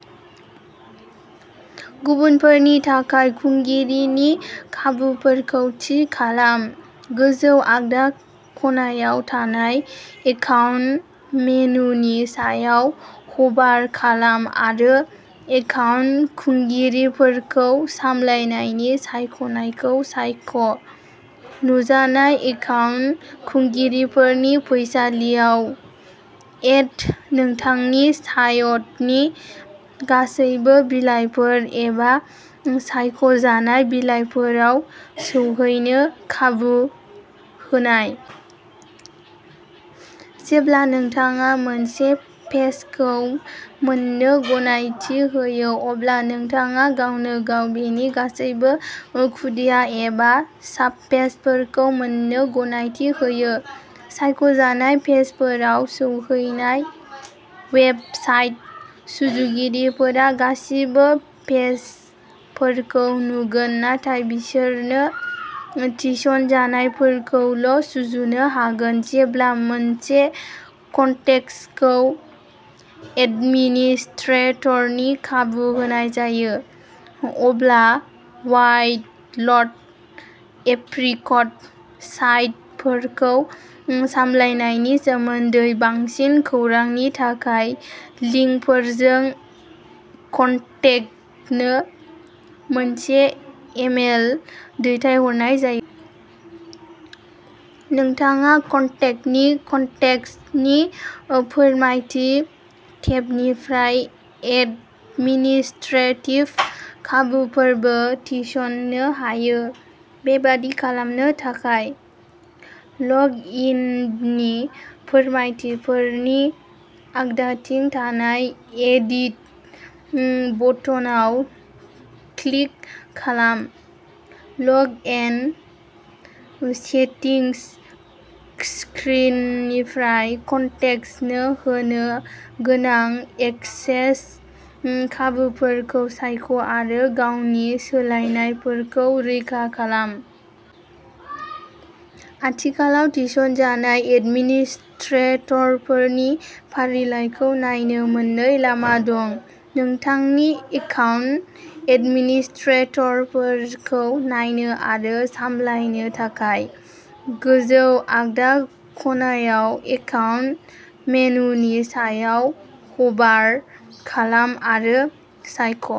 गुबुनफोरनि थाखाय खुंगिरिनि खाबुफोरखौ थि खालाम। गोजौ आगदा खनायाव थानाय एकाउन्ट मेनुनि सायाव हभार खालाम आरो एकाउन्ट खुंगिरिफोरखौ सामलायनायनि सायख'नायखौ सायख'। नुजानाय एकाउन्ट खुंगिरिफोरनि फैसालियाव, एड नोंथांनि साइटनि गासैबो बिलाइफोर एबा सायख' जानाय बिलाइफोराव सौहैनो खाबु होनाय। जेब्ला नोंथाङा मोनसे पेजखौ मोननो गनायथि होयो, अब्ला नोंथाङा गावनो गाव बेनि गासैबो खुदिया एबा साबपेजफोरखौ मोन्नो गनायथि होयो। सायख'जानाय पेजफोराव सौहैनाय वेबसाइट सुजुगिरिफोरा गासिबो पेजफोरखौ नुगोन नाथाय बिसोरनो थिसनजानायफोरखौल' सुजुनो हागोन। जेब्ला मोनसे कन्टेक्टखौ एडमिनिस्ट्रेटरनि खाबु होनाय जायो, अब्ला वाइल्ड एप्रिकट साइटफोरखौ सामलायनायनि सोमोन्दै बांसिन खौरांनि थाखाय लिंकफोरजों कन्टेक्टनो मोनसे इमेल दैथायहरनाय जायो। नोंथाङा कन्टेक्टनि कन्टेक्टनि फोरमायथि टेबनिफ्राय एडमिनिस्ट्रेटिभ खाबुफोरबो थिसन्नो हायो। बेबादि खालामनो थाखाय, लग इननि फोरमायथिफोरनि आगदाथिं थानाय एडिट बटनाव क्लिक खालाम। लग इन सेटिंस स्क्रिननिफ्राय, कन्टेक्टनो होनो गोनां एक्सेस खाबुफोरखौ सायख' आरो गावनि सोलायनायफोरखौ रैखा खालाम। आथिखालाव थिसनजानाय एडमिनिस्ट्रेटरफोरनि फारिलाइखौ नायनो मोननै लामा दं। नोंथांनि एकाउन्ट एडमिनिस्ट्रेटरफोरखौ नायनो आरो सामलायनो थाखाय, गोजौ आगदा खनायाव एकाउन्ट मेनुनि सायाव हभार खालाम आरो सायख'।